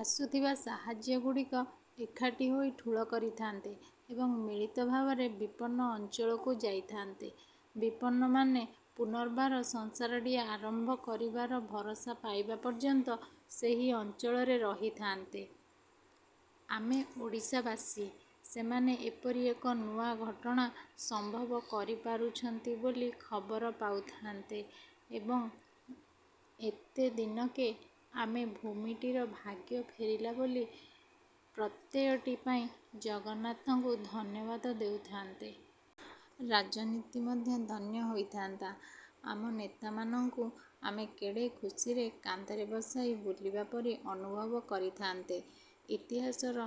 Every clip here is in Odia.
ଆସୁଥିବା ସାହାଯ୍ୟଗୁଡ଼ିକୁ ଏକାଠି ହୋଇ ଠୁଳ କରିଥାନ୍ତେ ଏବଂ ମିଳିତ ଭାବରେ ବିପନ୍ନ ଅଂଚଳକୁ ଯାଇଥାନ୍ତେ। ବିପନ୍ନମାନେ ପୁନର୍ବାର ସଂସାରଟିଏ ଆରମ୍ଭ କରିବାର ଭରସା ପାଇବା ପର୍ଯ୍ୟନ୍ତ ସେହି ଅଂଚଳରେ ରହିଥାନ୍ତେ। ଆମେ ଓଡ଼ିଶାବାସୀ ସେମାନେ ଏପରି ଏକ ନୂଆ ଘଟଣା ସମ୍ଭବ କରିପାରୁଛନ୍ତି ବୋଲି ଖବର ପାଉଥାନ୍ତେ ଏବଂ ଏତେ ଦିନକେ ଆମ ଭୂମିଟିର ଭାଗ୍ୟ ଫେରିଲା ବୋଲି ପ୍ରତ୍ୟୟଟିଏ ପାଇ ଜଗନ୍ନାଥଙ୍କୁ ଧନ୍ୟବାଦ ଦେଉଥାନ୍ତେ। ରାଜନୀତି ମଧ୍ୟ ଧନ୍ୟ ହୋଇଥାନ୍ତା। ଆମ ନେତାମାନଙ୍କୁ ଆମେ କେଡ଼େ ଖୁସିରେ କାନ୍ଧରେ ବସାଇ ବୁଲିବା ପରି ଅନୁଭବ କରିଥାନ୍ତେ। ଇତିହାସର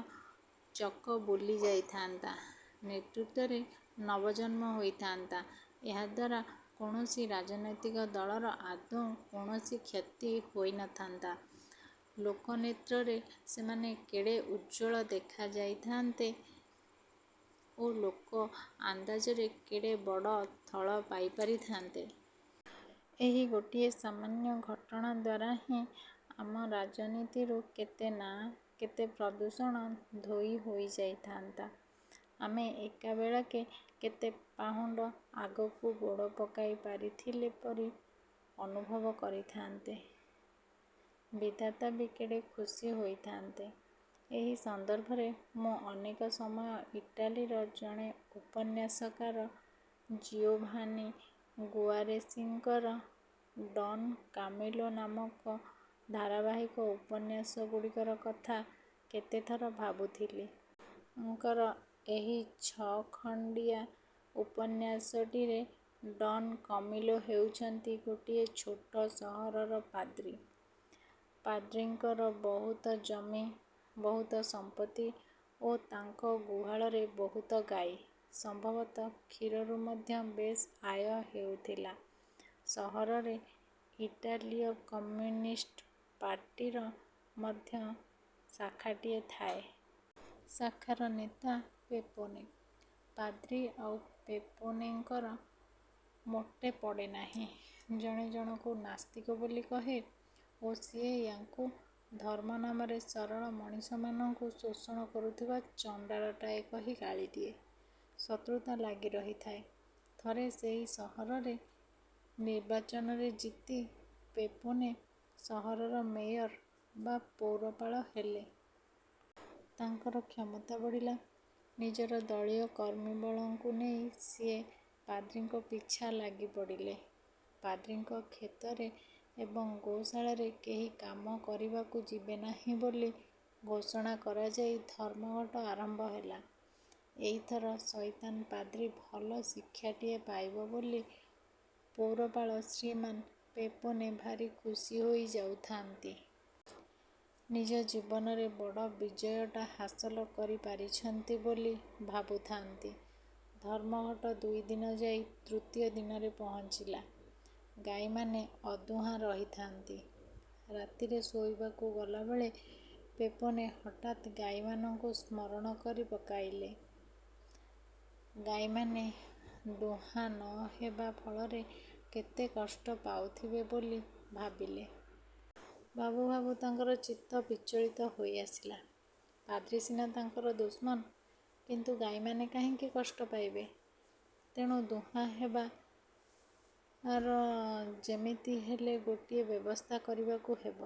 ଚକ ବୁଲି ଯାଇଥାନ୍ତା। ନେତୃତ୍ଵର ନବଜନ୍ମ ହୋଇଥାନ୍ତା। ଏହାଦ୍ୱାରା କୌଣସି ରାଜନୀତିକ ଦଳର ଆଦୌ କୌଣସି କ୍ଷତି ହୋଇନଥାନ୍ତା। ଲୋକନେତ୍ରରେ ସେମାନେ କେଡ଼େ ଉଜ୍ଜ୍ୱଳ ଦେଖା ଯାଇଥାନ୍ତେ ଓ ଲୋକ ଅନ୍ଦାଜରେ କେଡ଼େ ବଡ଼ ଥଳ ପାଇ ପାରିଥାନ୍ତେ। ଏହି ଗୋଟିଏ ସାମାନ୍ୟ ଘଟଣା ଦ୍ୱାରା ହିଁ ଆମ ରାଜନୀତିରୁ କେତେ ନା କେତେ ପ୍ରଦୂଷଣ ଧୋଇ ହୋଇଯାଇଥାନ୍ତା। ଆମେ ଏକାବେଳେକେ କେତେ ପାହୁଣ୍ଡ ଆଗକୁ ଗୋଡ଼ ପକାଇ ପାରିଥିଲା ପରି ଅନୁଭବ କରିଥାନ୍ତେ। ବିଧାତା ବି କେଡ଼େ ଖୁସୀ ହୋଇଥାଆନ୍ତେ। ଏହି ସନ୍ଦର୍ଭରେ ମୁଁ ଅନେକ ସମୟରେ ଇଟାଲୀର ଜଣେ ଉପନ୍ୟାସକାର ଜିଓଭାନି ଗୁଆରେଶିଙ୍କର ଡ଼ନ୍ କାମିଲୋ ନାମକ ଧାରାବାହିକ ଉପନ୍ୟାସ ଗୁଡ଼ିକର କଥା କେତେଥର ଭାବୁଥିଲି। ଙ୍କର ଏହି ଛଅଖଣ୍ଡିଆ ଉପନ୍ୟାସଟିରେ ଡ଼ନ୍ କାମିଲୋ ହେଉଛନ୍ତି ଗୋଟିଏ ଛୋଟ ସହରର ପାଦ୍ରୀ। ପାଦ୍ରୀଙ୍କର ବହୁତ ଜମି, ବହୁତ ସମ୍ପତ୍ତି ଓ ତାଙ୍କ ଗୁହାଳରେ ବହୁତ ଗାଈ। ସମ୍ଭବତଃ କ୍ଷୀରରୁ ମଧ୍ୟ ବେଶ୍ ଆୟ ହେଉଥିଲା। ସହରରେ ଇଟାଲୀୟ କମ୍ୟୁନିଷ୍ଟ ପାର୍ଟିର ମଧ୍ୟ ଶାଖାଟିଏ ଥାଏ। ଶାଖାର ନେତା ପେପୋନେ। ପାଦ୍ରୀ ଆଉ ପେପୋନେଙ୍କର ମୋଟେ ପଡ଼େନାହିଁ। ଜଣେ ଜଣକୁ ନାସ୍ତିକ ବୋଲି କହେ ଓ ସିଏ ୟାଙ୍କୁ ଧର୍ମ ନାମରେ ସରଳ ମଣିଷମାନଙ୍କୁ ଶୋଷଣ କରୁଥିବା ଚଣ୍ଡାଳଟାଏ କହି ଗାଳିଦିଏ। ଶତ୍ରୁତା ଲାଗି ରହିଥାଏ। ଥରେ ସେହି ସହରରେ ନିର୍ବାଚନରେ ଜିତି ପେପୋନେ ସହରର ମେୟର ବା ପୌରପାଳ ହେଲେ। ତାଙ୍କର କ୍ଷମତା ବଢ଼ିଲା। ନିଜର ଦଳୀୟ କର୍ମୀବଳଙ୍କୁ ନେଇ ସିଏ ପାଦ୍ରୀଙ୍କ ପିଛା ଲାଗି ପଡ଼ିଲେ। ପାଦ୍ରୀଙ୍କ କ୍ଷେତରେ ଏବଂ ଗୋଶାଳରେ କେହି କାମ କରିବାକୁ ଯିବେ ନାହିଁ ବୋଲି ଘୋଷଣା କରାଯାଇ ଧର୍ମଘଟ ଆରମ୍ଭ ହେଲା। ଏଇଥର ସଇତାନ ପାଦ୍ରୀ ଭଲ ଶିକ୍ଷାଟିଏ ପାଇବ ବୋଲି ପୌରପାଳ ଶ୍ରୀମାନ୍ ପେପୋନେ ଭାରି ଖୁସି ହୋଇ ଯାଉଥାଆନ୍ତି। ନିଜ ଜୀବନର ବଡ଼ ବିଜୟଟା ହାସଲ କରି ପାରିଛନ୍ତି ବୋଲି ଭାବୁଥାନ୍ତି। ଧର୍ମଘଟ ଦୁଇଦିନ ଯାଇ ତୃତୀୟ ଦିନରେ ପହଞ୍ଚିଲା। ଗାଈମାନେ ଅଦୁହାଁ ରହିଥାନ୍ତି। ରାତିରେ ଶୋଇବାକୁ ଗଲାବେଳେ ପେପୋନେ ହଠାତ୍ ଗାଈମାନଙ୍କୁ ସ୍ମରଣ କରି। ପକାଇଲେ। ଗାଈମାନେ ଦୁହାଁ ନହେବା ଫଳରେ କେତେ କଷ୍ଟ ପାଉନଥିବେ ବୋଲି ଭାବିଲେ। ଭାବୁ ଭାବୁ ତାଙ୍କର ଚିତ୍ତ ବିଚଳିତ ହୋଇ ଆସିଲା। ପାଦ୍ରୀସିନା ତାଙ୍କର ଦୁଶ୍ମନ, କିନ୍ତୁ ଗାଈମାନେ କାହିଁକି କଷ୍ଟ ପାଇବେ? ତେଣୁ ଦୁହାଁ ହେବାର ଯେମିତି ହେଲେ ଗୋଟିଏ ବ୍ୟବସ୍ଥା କରିବାକୁ ହେବ।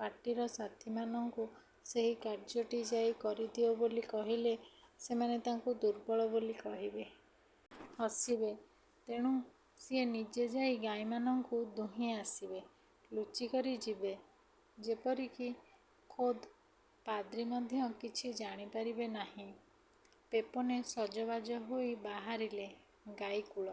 ପାର୍ଟିର ସାଥୀମାନଙ୍କୁ ସେହି କାର୍ଯ୍ୟଟି ଯାଇ କରିଦିଅ ବୋଲି କହିଲେ ସେମାନେ ତାଙ୍କୁ ଦୁର୍ବଳ ବୋଲି କହିବେ। ହସିବେ। ତେଣୁ ସିଏ ନିଜେ ଯାଇ ଗାଈମାନଙ୍କୁ ଦୁହିଁ ଆସିବେ। ଲୁଚିକରି ଯିବେ। ଯେପରିକି ଖୋଦ୍ ପାଦ୍ରୀ ମଧ୍ୟ କିଛି ଜାଣିପାରିବେ ନାହିଁ। ପେପୋନେ ସଜବାଜ ହୋଇ ବାହାରିଲେ। ଗାଈକୁଳ